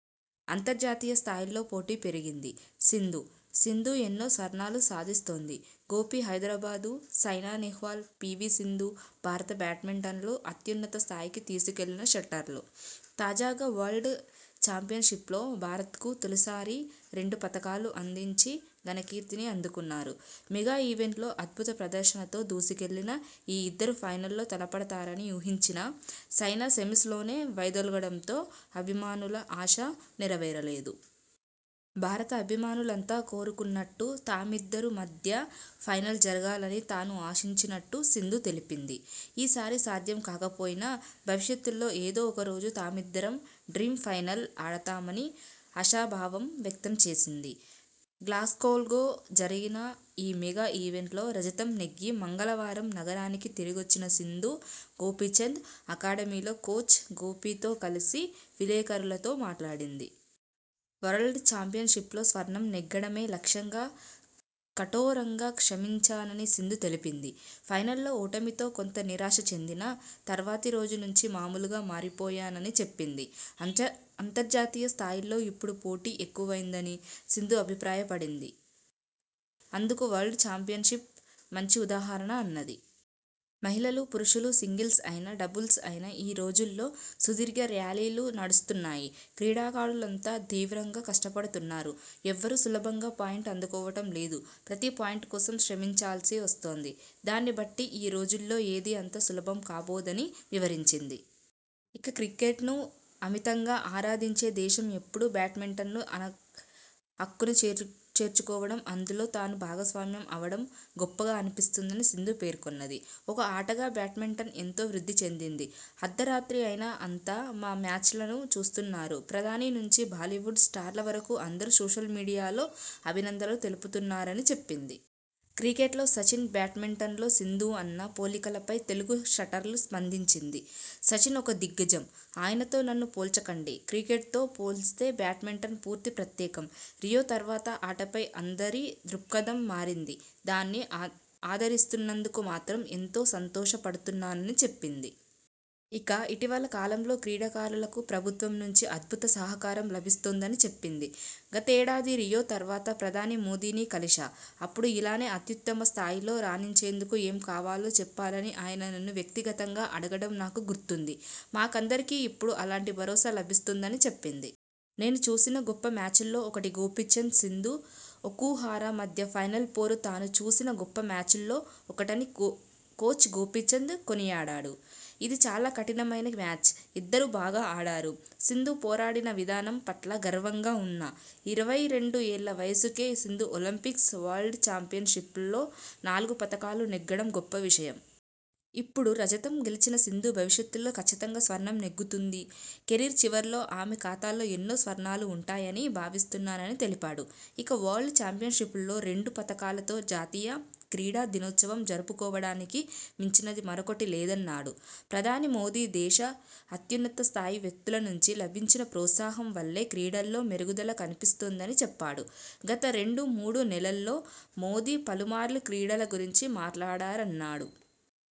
అంతర్జాతీయ స్థాయిలో పోటీ పెరిగింది సింధు సింధు ఎన్నో స్వర్ణాలు సాధిస్తుంది గోపీ హైదరాబాద్ సైనా నెహ్వాల్, పీవీ సింధు భారత బ్యాడ్మింటన్ను అత్యున్నత స్థాయికి తీసుకెళ్లిన షట్లర్లు. తాజాగా, వరల్డ్ చాంపియన్షిప్లో భారత్కు తొలిసారి రెండు పతకాలు అందించి ఘనకీర్తిని అందుకున్నారు. మెగా ఈవెంట్లో అద్భుత ప్రదర్శనతో దూసుకెళ్లిన ఈ ఇద్దరూ ఫైనల్లో తలపడతారని ఊహించినా సైనా సెమీస్లోనే వైదొలగడంతో అభిమానుల ఆశ నెరవేరలేదు. భారత అభిమానులంతా కోరుకున్నట్టు తామిద్దరి మధ్యే ఫైనల్ జరగాలని తానూ ఆశించినట్టు సింధు తెలిపింది. ఈ సారి సాధ్యం కాకపోయినా భవిష్యత్లో ఏదో ఒకరోజు తామిద్దరం 'డ్రీమ్ ఫైనల్' ఆడతామని ఆశాభావం వ్యక్తం చేసింది. గ్లాస్గోలో జరిగిన ఈ మెగా ఈవెంట్లో రజతం నెగ్గి మంగళవారం నగరానికి తిరిగొచ్చిన సింధు గోపీచంద్ అకాడమీలో కోచ్ గోపీతో కలిసి విలేకరులతో మాట్లాడింది. వరల్డ్ చాంపియన్షిప్లో స్వర్ణం నెగ్గడమే లక్ష్యంగా కఠోరంగా శ్రమించానని సింధు తెలిపింది. ఫైనల్లో ఓటమితో కొంత నిరాశ చెందినా తర్వాతి రోజు నుంచి మామూలుగా మారిపోయానని చెప్పింది. అంత అంతర్జాతీయ స్థాయిలో ఇప్పుడు పోటీ ఎక్కువైందని సింధు అభిప్రాయపడింది. అందుకు వరల్డ్ చాంపియన్షిప్ మంచి ఉదాహరణ అన్నది. 'మహిళలు, పురుషులు సింగిల్స్ అయినా డబుల్స్ అయినా ఈ రోజుల్లో సుదీర్ఘ ర్యాలీలు నడుస్తున్నాయి. క్రీడాకారులంతా తీవ్రంగా కష్టపడుతున్నారు. ఎవ్వరూ సులభంగా పాయింట్ అందుకోవడం లేదు. ప్రతీ పాయింట్ కోసం శ్రమించాల్సి వస్తోంది. దాన్ని బట్టి ఈ రోజుల్లో ఏదీ అంత సులభం కాబోదని వివరించింది. ఇక, క్రికెట్ను అమితంగా ఆరాధించే దేశం ఇప్పుడు బ్యాడ్మింటన్ను అక్కున చేర్చుకోవడం, అందులో తానూ భాగస్వామి అవడం గొప్పగా అనిపిస్తోందని సింధు పేర్కొన్నది. 'ఒక ఆటగా బ్యాడ్మింటన్ ఎంతో వృద్ధి చెందింది. అర్ధరాత్రి అయినా అంతా మా మ్యాచ్లను చూస్తున్నారు. ప్రధాని నుంచి బాలీవుడ్ స్టార్ల వరకూ అందరూ సోషల్ మీడియాలో అభినందనలు తెలుపుతున్నారని చెప్పింది. క్రికెట్లో సచిన్ బ్యా డ్మింటన్లో సింధు అన్న పోలికలపై తెలుగు షట్లర్ స్పందించింది. 'సచిన్ ఒక దిగ్గజం. ఆయనతో నన్ను పోల్చకండి. క్రికెట్తో పోల్చితే బ్యాడ్మింటన్ పూర్తి ప్రత్యేకం. రియో తర్వాత ఆటపై అందరి దృక్పథం మారింది. దాన్ని ఆద్ ఆదరిస్తున్నందుకు మాత్రం ఎంతో సంతోష పడుతున్నానని చెప్పింది. ఇక, ఇటీవల కాలంలో క్రీడాకారులకు ప్రభుత్వం నుంచి అద్భుత సహకారం లభిస్తోందని చెప్పింది. 'గతేడాది రియో తర్వాత ప్రధాని మోదీని కలిశా. అప్పుడు ఇలానే అత్యుత్తమ స్థాయిలో రాణించేందుకు ఏం కావాలో చెప్పాలని ఆయన నన్ను వ్యక్తిగతంగా అడగడం నాకు గుర్తుంది. మాకందరికీ ఇప్పుడు అలాంటి భరోసా లభిస్తోందని చెప్పింది. నేను చూసిన గొప్ప మ్యాచ్ల్లో ఒకటి గోపీచంద్ సింధు, ఒకుహరా మధ్య ఫైనల్ పోరు తాను చూసిన గొప్ప మ్యాచ్ల్లో ఒకటని కోచ్ గోపీచంద్ కొనియాడాడు. 'ఇది చాలా కఠినమైన మ్యాచ్. ఇద్దరూ బాగా ఆడారు. సింధు పోరాడిన విధానం పట్ల గర్వంగా ఉన్నా. ఇరవై రెండు ఏళ్ల వయసుకే సింధు ఒలింపిక్స్, వరల్డ్ చాంపియన్షిప్స్లో నాలుగు పతకాలు నెగ్గడం గొప్ప విషయం. ఇప్పుడు రజతం గెలిచిన సింధు భవిష్యత్లో కచ్చితంగా స్వర్ణం నెగ్గుతుంది. కెరీర్ చివర్లో ఆమె ఖాతాలో ఎన్నో స్వర్ణాలు ఉంటాయని భావిస్తున్నానని తెలిపాడు. ఇక, వరల్డ్ చాంపియన్షిప్లో రెండు పతకాలతో జాతీయ క్రీడా దినోత్సవం జరుపుకోవడానికి మించినది మరొకటి లేదన్నాడు. ప్రధాని మోదీ, దేశ అత్యున్నత స్థాయి వ్యక్తుల నుంచి లభించిన ప్రోత్సాహం వల్లే క్రీడల్లో మెరుగుదల కనిపిస్తోందని చెప్పాడు. గత రెండు మూడు నెలల్లో మోదీ పలుమార్లు క్రీడల గురించి మాట్లాడారన్నాడు.